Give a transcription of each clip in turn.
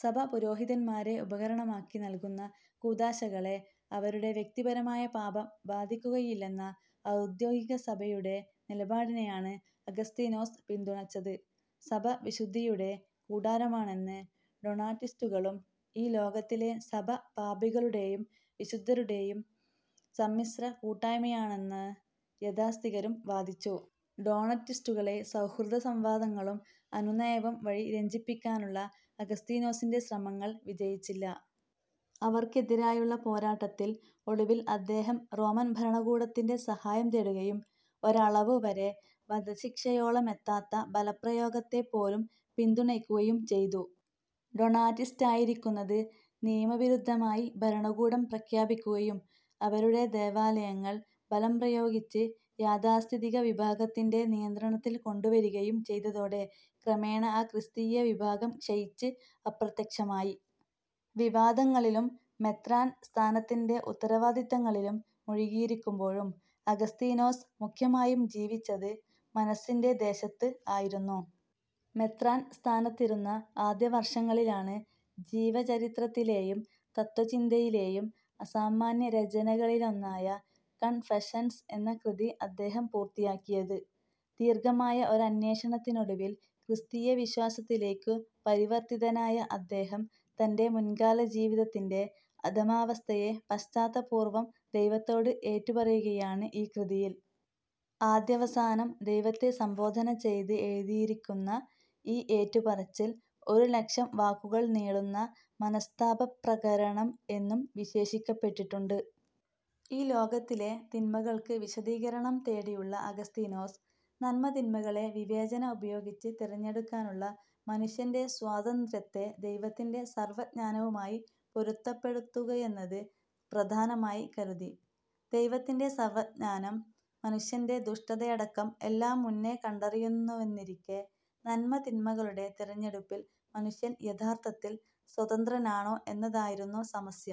സഭ, പുരോഹിതന്മാരെ ഉപകരണമാക്കി നൽകുന്ന കൂദാശകളെ അവരുടെ വ്യക്തിപരമായ പാപം ബാധിക്കയില്ലെന്ന ഔദ്യോഗികസഭയുടെ നിലപാടിനെയാണ് അഗസ്തീനോസ് പിന്തുണച്ചത്. സഭ വിശുദ്ധിയുടെ കൂടാരമാണെന്ന് ഡൊണാറ്റിസ്റ്റുകളും, ഈ ലോകത്തിലെ സഭ പാപികളുടേയും വിശുദ്ധരുടേയും സമ്മിശ്ര കൂട്ടായ്മയാണെന്ന് യാഥാസ്ഥിതികരും വാദിച്ചു. ഡോണറ്റിസ്റ്റുകളെ സൗഹൃദസംവാദങ്ങളും അനുനയവും വഴി രഞ്ജിപ്പിക്കാനുള്ള അഗസ്തീനോസിന്റെ ശ്രമങ്ങൾ വിജയിച്ചില്ല. അവർക്കെതിരായുള്ള പോരാട്ടത്തിൽ ഒടുവിൽ അദ്ദേഹം റോമൻ ഭരണകൂടത്തിന്റെ സഹായം തേടുകയും, ഒരളവുവരെ വധശിക്ഷയോളമെത്താത്ത ബലപ്രയോഗത്തെപ്പോലും പിന്തുണയ്ക്കുകയും ചെയ്തു. ഡൊണാറ്റിസ്റ്റായിരിക്കുന്നത് നിയമവിരുദ്ധമായി ഭരണകൂടം പ്രഖ്യാപിക്കുകയും അവരുടെ ദേവാലയങ്ങൾ ബലം പ്രയോഗിച്ച് യാഥാസ്ഥിതിക വിഭാഗത്തിന്റെ നിയന്ത്രണത്തിൽ കൊണ്ടുവരുകയും ചെയ്തതോടെ ക്രമേണ ആ ക്രിസ്തീയ വിഭാഗം ക്ഷയിച്ച് അപ്രത്യക്ഷമായി. വിവാദങ്ങളിലും മെത്രാൻ സ്ഥാനത്തിന്റെ ഉത്തരവാദിത്തങ്ങളിലും മുഴുകിയിരിക്കുമ്പോഴും അഗസ്തീനോസ് മുഖ്യമായും ജീവിച്ചത് "മനസ്സിന്റെ ദേശത്ത്" ആയിരുന്നു. മെത്രാൻ സ്ഥാനത്തിരുന്ന ആദ്യവർഷങ്ങളിലാണ് ജീവചരിത്രത്തിലേയും തത്ത്വചിന്തയിലേയും അസാമാന്യരചനകളിലൊന്നായ കൺഫഷൻസ് എന്ന കൃതി അദ്ദേഹം പൂർത്തിയാക്കിയത്. ദീർഘമായ ഒരന്വേഷണത്തിനൊടുവിൽ ക്രിസ്തീയ വിശ്വാസത്തിലേയ്ക്കു പരിവർത്തിതനായ അദ്ദേഹം തന്റെ മുൻകാലജീവിതത്തിന്റെ "അധമാവസ്ഥയെ" പശ്ചാത്താപപൂർവം ദൈവത്തോട് ഏറ്റുപറയുകയാണ് ഈ കൃതിയിൽ. ആദ്യവസാനം ദൈവത്തെ സംബോധന ചെയ്ത് എഴുതിരിക്കുന്ന ഈ ഏറ്റുപറച്ചിൽ, ഒരു ലക്ഷം വാക്കുകൾ നീളുന്ന "മനസ്താപപ്രകരണം" എന്നു വിശേഷിപ്പിക്കപ്പെട്ടിട്ടുണ്ട്. ഈ ലോകത്തിലെ തിന്മകൾക്ക് വിശദീകരണം തേടിയിരുന്ന അഗസ്തീനോസ്, നന്മതിന്മകളെ വിവേചന ഉപയോഗിച്ച് തെരഞ്ഞെടുക്കാനുള്ള മനുഷ്യന്റെ സ്വാതന്ത്ര്യത്തെ ദൈവത്തിന്റെ സർവജ്ഞാനവുമായി പൊരുത്തപ്പെടുത്തുകയെന്നത് പ്രധാനമായി കരുതി. ദൈവത്തിന്റെ സർവജ്ഞാനം മനുഷ്യന്റെ ദുഷ്ടതയടക്കം എല്ലാം മുന്നേ കണ്ടറിയുന്നുവെന്നിരിക്കേ, നന്മ-തിന്മകളുടെ തെരഞ്ഞെടുപ്പിൽ മനുഷ്യൻ യഥാർത്ഥത്തിൽ സ്വതന്ത്രനാണോ എന്നതായിരുന്നു സമസ്യ.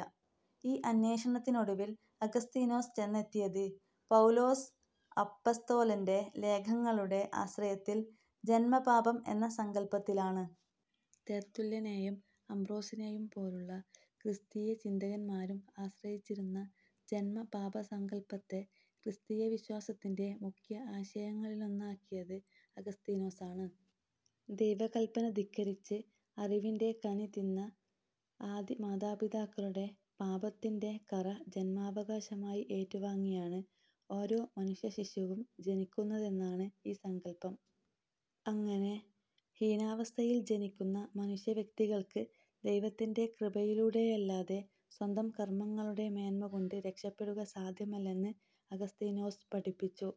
ഈ അന്വേഷണത്തിനൊടുവിൽ അഗസ്തീനോസ് ചെന്നെത്തിയത്, പൗലോസ് അപ്പസ്തോലന്റെ ലേഖങ്ങളുടെ ആശ്രയത്തിൽ, ജന്മപാപം എന്ന സങ്കല്പത്തിലാണ്. തെർത്തുല്യനേയും അംബ്രോസിനേയും പോലുള്ള ക്രിസ്തീയ ചിന്തകന്മാരും ആശ്രയിച്ചിരുന്ന ജന്മപാപസങ്കല്പത്തെ ക്രിസ്തീയ വിശ്വാസത്തിന്റെ മുഖ്യ ആശയങ്ങളിലൊന്നാക്കിയത് അഗസ്തീനോസാണ്. ദൈവകല്പന ധിക്കരിച്ച് അറിവിന്റെ കനി തിന്ന ആദിമാതാപിതാക്കളുടെ പാപത്തിന്റെ കറ ജന്മാവകാശമായി ഏറ്റുവാങ്ങിയാണ് ഓരോ മനുഷ്യശിശുവും ജനിക്കുന്നതെന്നാണ് ഈ സങ്കല്പം. അങ്ങനെ ഹീനാവസ്ഥയിൽ ജനിക്കുന്ന മനുഷ്യവ്യക്തികൾക്ക് ദൈവത്തിന്റെ കൃപയിലൂടെയല്ലാതെ സ്വന്തം കർമ്മങ്ങളുടെ മേന്മകൊണ്ട് രക്ഷപെടുക സാധ്യമല്ലെന്ന് അഗസ്തീനോസ് പഠിപ്പിച്ചു.